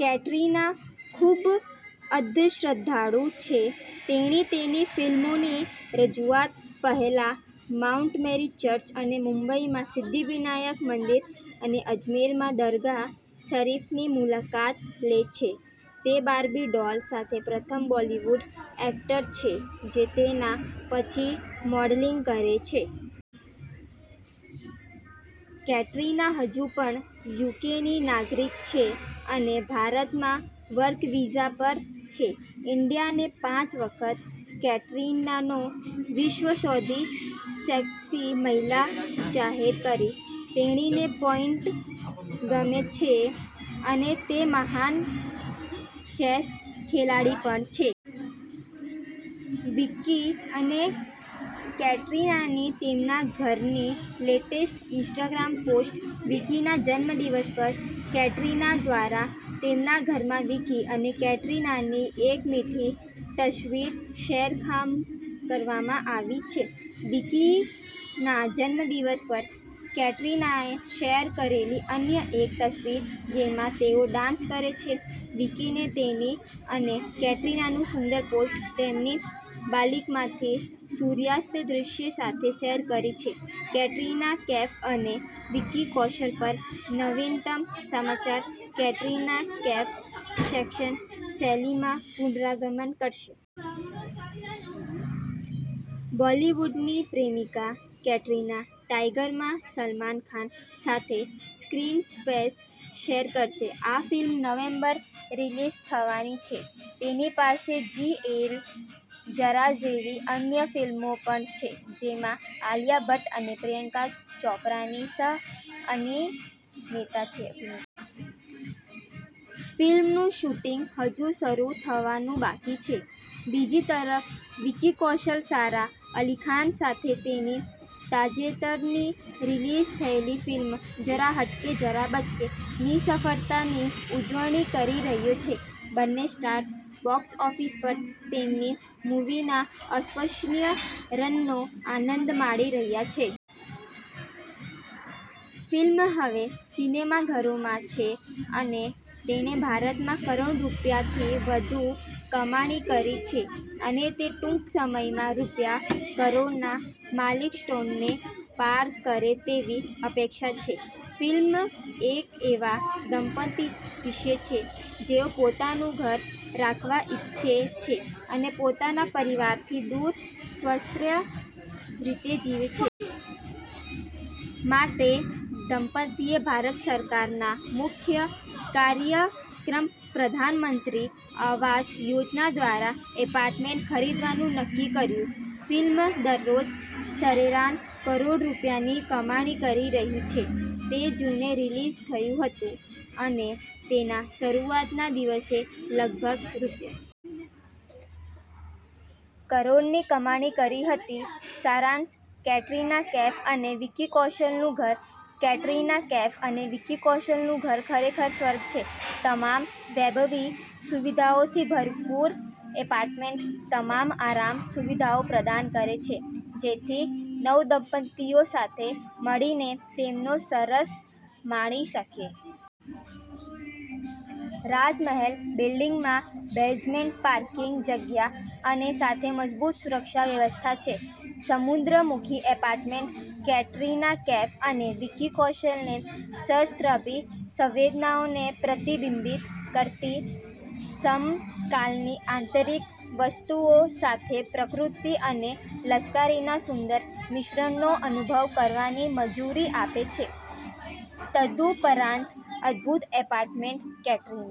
કેટરિના ખૂબઅંધશ્રદ્ધાળુ છે. તેણી તેની ફિલ્મોની રજૂઆત પહેલા માઉન્ટ મેરી ચર્ચ અને મુંબઈમાં સિદ્ધિવનાયક મંદિર અને અજમેરમાં દરગાહ શરીફની મુલાકાત લે છે. તે બાર્બી ડોલ સાથે પ્રથમ બોલિવૂડ એક્ટર છે જે તેના પછી મોડલિંગ કરે છે. કેટરિના હજુ પણ યુકેની નાગરિક છે અને ભારતમાં વર્ક વિઝા પર છે. ઈન્ડિયાએ પાંચ વખત કેટરિનાને "વિશ્વની સૌથી સેક્સી મહિલા" જાહેર કરી. તેણીને પેઇન્ટિંગ ગમે છે અને તે એક મહાન ચેસ ખેલાડી પણ છે. વિકી અને કેટરિનાની તેમના ઘરની લેટેસ્ટ ઇન્સ્ટાગ્રામ પોસ્ટ્સ વિકીના જન્મદિવસ પર કેટરિના દ્વારા તેમના ઘરમાં વિકી અને કેટરિનાની એક મીઠી તસવીર શેર કરવામાં આવી છે વિકીના જન્મદિવસ પર કેટરિનાએ શેર કરેલી અન્ય એક તસવીર જેમાં તેઓ ડાન્સ કરે છે વિકીએ તેની અને કેટરિનાનીસુંદર પોસ્ટ તેમની બાલ્કનીમાંથી સૂર્યાસ્તના દૃશ્ય સાથે શેર કરી છે કેટરિના કૈફ અને વિકી કૌશલ પર નવીનતમ સમાચાર કેટરિના કૈફ એક્શન શૈલીમાં પુનરાગમન કરશે. બોલિવૂડની પ્રેમિકા, કેટરિના, ટાઇગર માં સલમાન ખાન સાથે સ્ક્રીન સ્પેસ શેર કરશે. આ ફિલ્મ નવેમ્બરમાં રીલિઝ થવાની છે. તેની પાસે જી લે ઝરા જેવી અન્ય ફિલ્મો પણ છે, જેમાં આલિયા ભટ્ટ અને પ્રિયંકા ચોપરાની સહ-અભિનેતા છે. ફિલ્મનું શૂટિંગ હજુ શરૂ થવાનું બાકી છે. બીજી તરફ, વિકી કૌશલ સારા અલી ખાન સાથે તેની તાજેતરની રિલીઝ થયેલી ફિલ્મ "જરા હટકે જરા બચકે"ની સફળતાની ઉજવણી કરી રહ્યો છે. બંને સ્ટાર્સ બોક્સ ઓફિસ પર તેમની મૂવીના અવિશ્વસનીય રનનો આનંદ માણી રહ્યા છે. ફિલ્મ હવે સિનેમાઘરોમાં છે અને તેણે ભારતમાં કરોડ રૂપિયાથી વધુની કમાણી કરી છે. અને તે ટૂંક સમયમાં રૂ. કરોડના માઈલસ્ટોનને પાર કરે તેવી અપેક્ષા છે. ફિલ્મ એક એવા દંપતી વિશે છે જેઓ પોતાનું ઘર રાખવા ઈચ્છે છે અને પોતાના પરિવારથી દૂર સ્વતંત્ર રીતે જીવે છે. માટે, દંપતિએ ભારત સરકારના મુખ્ય કાર્યક્રમપ્રધાનમંત્રી આવાસ યોજના દ્વારા એપાર્ટમેન્ટ ખરીદવાનું નક્કી કર્યું. ફિલ્મ દરરોજ સરેરાશ કરોડ રૂપિયાની કમાણી કરી રહી છે. તે જૂને રિલીઝ થયું હતું અને તેના શરૂઆતના દિવસે લગભગ રૂ. કરોડની કમાણી કરી હતી. સારાંશકેટરિના કૈફ અને વિકી કૌશલનું ઘર કેટરીના કૈફ અને વિકી કૌશલનું ઘર ખરેખર સ્વર્ગ છે. તમામ વૈભવી સુવિધાઓથી ભરપૂર, એપાર્ટમેન્ટ તમામ આરામ સુવિધાઓ પ્રદાન કરે છે જેથી નવદંપતિઓ સાથે મળીને તેમનો સમય માણી શકે. રાજમહેલ બિલ્ડિંગમાં બેઝમેન્ટ પાર્કિંગની જગ્યા અને સાથે મજબૂત સુરક્ષા વ્યવસ્થા છે. સમુદ્ર-મુખી એપાર્ટમેન્ટ કેટરિના કૈફ અને વિકી કૌશલને સહસ્ત્રાબ્દી સંવેદનાઓને પ્રતિબિંબિત કરતી સમકાલીન આંતરિક વસ્તુઓ સાથે પ્રકૃતિ અને લક્ઝરીના સુંદર મિશ્રણનો અનુભવ કરવાની મંજૂરી આપે છે. તદુપરાંત, અદભૂત એપાર્ટમેન્ટ કેટરિના